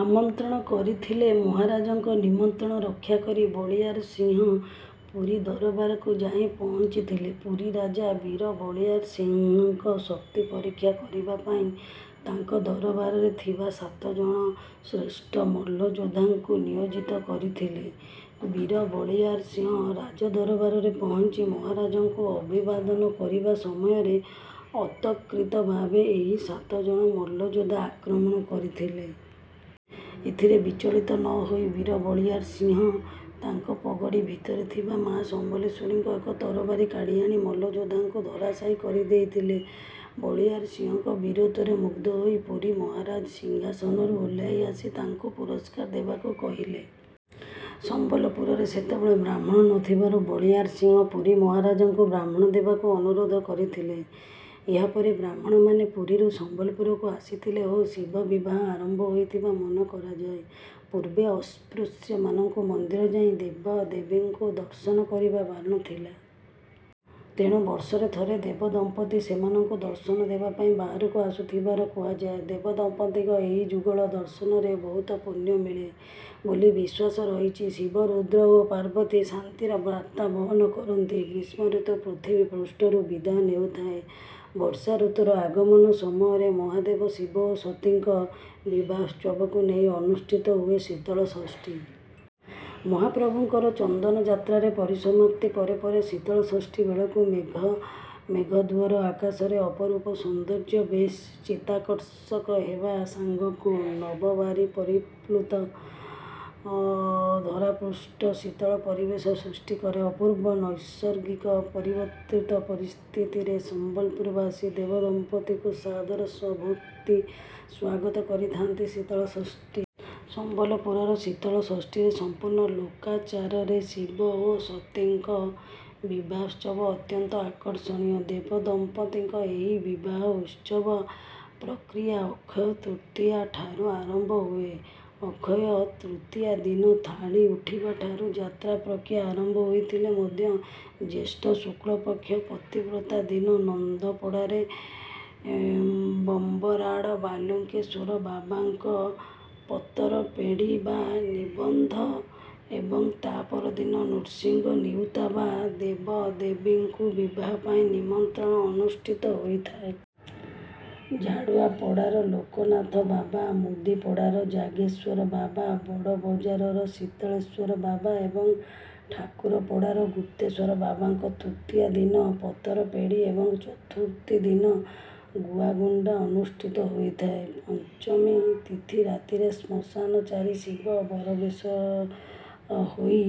ଆମନ୍ତ୍ରଣ କରିଥିଲେ। ମହାରାଜଙ୍କ ନିମନ୍ତ୍ରଣ ରକ୍ଷା କରି ବଳିୟାର ସିଂହ ପୁରୀ ଦରବାରକୁ ଯାଇ ପହଞ୍ଚିଥିଲେ। ପୁରୀ ରାଜା, ବୀର ବଳିୟାର ସିଂହଙ୍କ ଶକ୍ତି ପରୀକ୍ଷା କରିବା ପାଇଁ ତାଙ୍କ ଦରବାରରେ ଥିବା ସାତ ଜଣ ଶ୍ରେଷ୍ଠ ମଲ୍ଲଯୋଦ୍ଧାଙ୍କୁ ନିୟୋଜିତ କରିଥିଲେ। ବୀର ବଳିୟାର ସିଂହ ରାଜଦରବାରରେ ପହଞ୍ଚି ମହାରାଜଙ୍କୁ ଅଭିବାଦନ କରିବା ସମୟରେ ଅତର୍କିତ ଭାବେ ଏହି ସାତ ଜଣ ମଲ୍ଲଯୋଦ୍ଧା ଆକ୍ରମଣ କରିଥିଲେ। ଏଥିରେ ବିଚଳିତ ନ ହୋଇ ବୀର ବଳିୟାର ସିଂହ ତାଙ୍କ ପଗଡ଼ି ଭିତରେ ଥିବା ମା’ ସମଲେଶ୍ୱରୀଙ୍କ ଏକ ତରବାରି କାଢ଼ି ଆଣି ମଲ୍ଲଯୋଦ୍ଧାଙ୍କୁ ଧରାଶାୟୀ କରିଦେଇଥିଲେ। ବଳିୟାର ସିଂହଙ୍କ ବୀରତ୍ୱରେ ମୁଗ୍ଧ ହୋଇ ପୁରୀ ମହାରାଜ ସିଂହାସନରୁ ଓହ୍ଲାଇ ଆସି ତାଙ୍କୁ ପୁରସ୍କାର ଦେବାକୁ କହିଲେ। ସମ୍ବଲପୁରରେ ସେତେବେଳେ ବ୍ରାହ୍ମଣ ନ ଥିବାରୁ ବଳିୟାର ସିଂହ ପୁରୀ ମହାରାଜଙ୍କୁ ବ୍ରାହ୍ମଣ ଦେବାକୁ ଅନୁରୋଧ କରିଥିଲେ। ଏହା ପରେ ବ୍ରାହ୍ମଣମାନେ ପୁରୀରୁ ସମ୍ବଲପୁରକୁ ଆସିଥିଲେ ଓ ଶିବ ବିବାହ ଆରମ୍ଭ ହୋଇଥିବା ମନେ କରାଯାଏ। ପୂର୍ବେ ଅସ୍ପୃଶ୍ୟମାନଙ୍କୁ ମନ୍ଦିର ଯାଇ ଦେବଦେବୀଙ୍କୁ ଦର୍ଶନ କରିବା ବାରଣ ଥିଲା। ତେଣୁ ବର୍ଷରେ ଥରେ ଦେବଦମ୍ପତି ସେମାନଙ୍କୁ ଦର୍ଶନ ଦେବା ପାଇଁ ବାହାରକୁ ଆସୁଥିବାର କୁହାଯାଏ। ଦେବଦମ୍ପତିଙ୍କ ଏହି ଯୁଗଳ ଦର୍ଶନରେ ବହୁତ ପୁଣ୍ୟ ମିଳେ ବୋଲି ବିଶ୍ୱାସ ରହିଛି। ଶିବ ରୁଦ୍ର ଓ ପାର୍ବତୀ ଶାନ୍ତିର ବାର୍ତ୍ତା ବହନ କରନ୍ତି। ଗ୍ରୀଷ୍ମଋତୁ ପୃଥିବୀପୃଷ୍ଠରୁ ବିଦାୟ ନେଉଥାଏ, ବର୍ଷାଋତୁର ଆଗମନ ସମୟରେ ମହାଦେବ ଶିବ ଓ ସତୀଙ୍କ ବିବାହୋତ୍ସବକୁ ନେଇ ଅନୁଷ୍ଠିତ ହୁଏ ଶୀତଳଷଷ୍ଠୀ। ମହାପ୍ରଭୁଙ୍କର ଚନ୍ଦନ ଯାତ୍ରାର ପରିସମାପ୍ତି ପରେ ପରେ ଶୀତଳଷଷ୍ଠୀ ବେଳକୁ ମେଘମେଦୁର ଆକାଶର ଅପରୂପ ସୌନ୍ଦର୍ଯ୍ୟ ବେଶ୍ ଚିତ୍ତାକର୍ଷକ ହେବା ସାଙ୍ଗକୁ ନବବାରି ପରିପ୍ଲୁତ ଧରାପୃଷ୍ଠ ଶୀତଳ ପରିବେଶ ସୃଷ୍ଟି କରେ। ଅପୂର୍ବ ନୈସର୍ଗିକ ପରିବର୍ତ୍ତିତ ପରିସ୍ଥିତିରେ ସମ୍ବଲପୁରବାସୀ ଦେବଦମ୍ପତିଙ୍କୁ ସାଦର ସଭକ୍ତି ସ୍ୱାଗତ କରିଥାନ୍ତି। ଶୀତଳଷଷ୍ଠୀ ସମ୍ବଲପୁର ଶୀତଳଷଷ୍ଠୀରେ ସମ୍ପୂର୍ଣ୍ଣ ଲୋକାଚାରରେ ଶିବ ଓ ସତୀଙ୍କ ବିବାହୋତ୍ସବ ଅତ୍ୟନ୍ତ ଆକର୍ଷଣୀୟ। ଦେବଦମ୍ପତିଙ୍କ ଏହି ବିବାହ ଉତ୍ସବ ପ୍ରକ୍ରିୟା ଅକ୍ଷୟ ତୃତୀୟାଠାରୁ ଆରମ୍ଭ ହୁଏ। ଅକ୍ଷୟ ତୃତୀୟା ଦିନ ଥାଳ ଉଠିବାଠାରୁ ଯାତ୍ରା ପ୍ରକ୍ରିୟା ଆରମ୍ଭ ହୋଇଥିଲେ ମଧ୍ୟ ଜ୍ୟେଷ୍ଠ ଶୁକ୍ଳପକ୍ଷ ପ୍ରତିପଦା ଦିନ ନନ୍ଦପଡ଼ାର ବଂବରାଡ଼ ବାଲୁଙ୍କେଶ୍ୱର ବାବାଙ୍କ ପତରପେଁଡ଼ି ବା ନିବନ୍ଧ ଏବଂ ତା’ପରଦିନ ନୃସିଂହ ନିଉତା ବା ଦେବଦେବୀଙ୍କୁ ବିବାହ ପାଇଁ ନିମନ୍ତ୍ରଣ ଅନୁଷ୍ଠିତ ହୋଇଥାଏ। ଝାଡ଼ୁଆପଡ଼ାର ଲୋକନାଥ ବାବା, ମୁଦିପଡ଼ାର ଜାଗେଶ୍ୱର ବାବା, ବଡ଼ବଜାରର ଶୀତଳେଶ୍ୱର ବାବା ଏବଂ ଠାକୁରପଡ଼ାର ଗୁପ୍ତେଶ୍ୱର ବାବାଙ୍କ ତୃତୀୟା ଦିନ ପତରପେଁଡ଼ି ଏବଂ ଚତୁର୍ଥୀ ଦିନ ଗୁଆଗୁଣ୍ଡା ଅନୁଷ୍ଠିତ ହୋଇଥାଏ। ପଞ୍ଚମୀ ତିଥି ରାତିରେ ଶ୍ମଶାନଚାରୀ ଶିବ ବରବେଶ ହୋଇ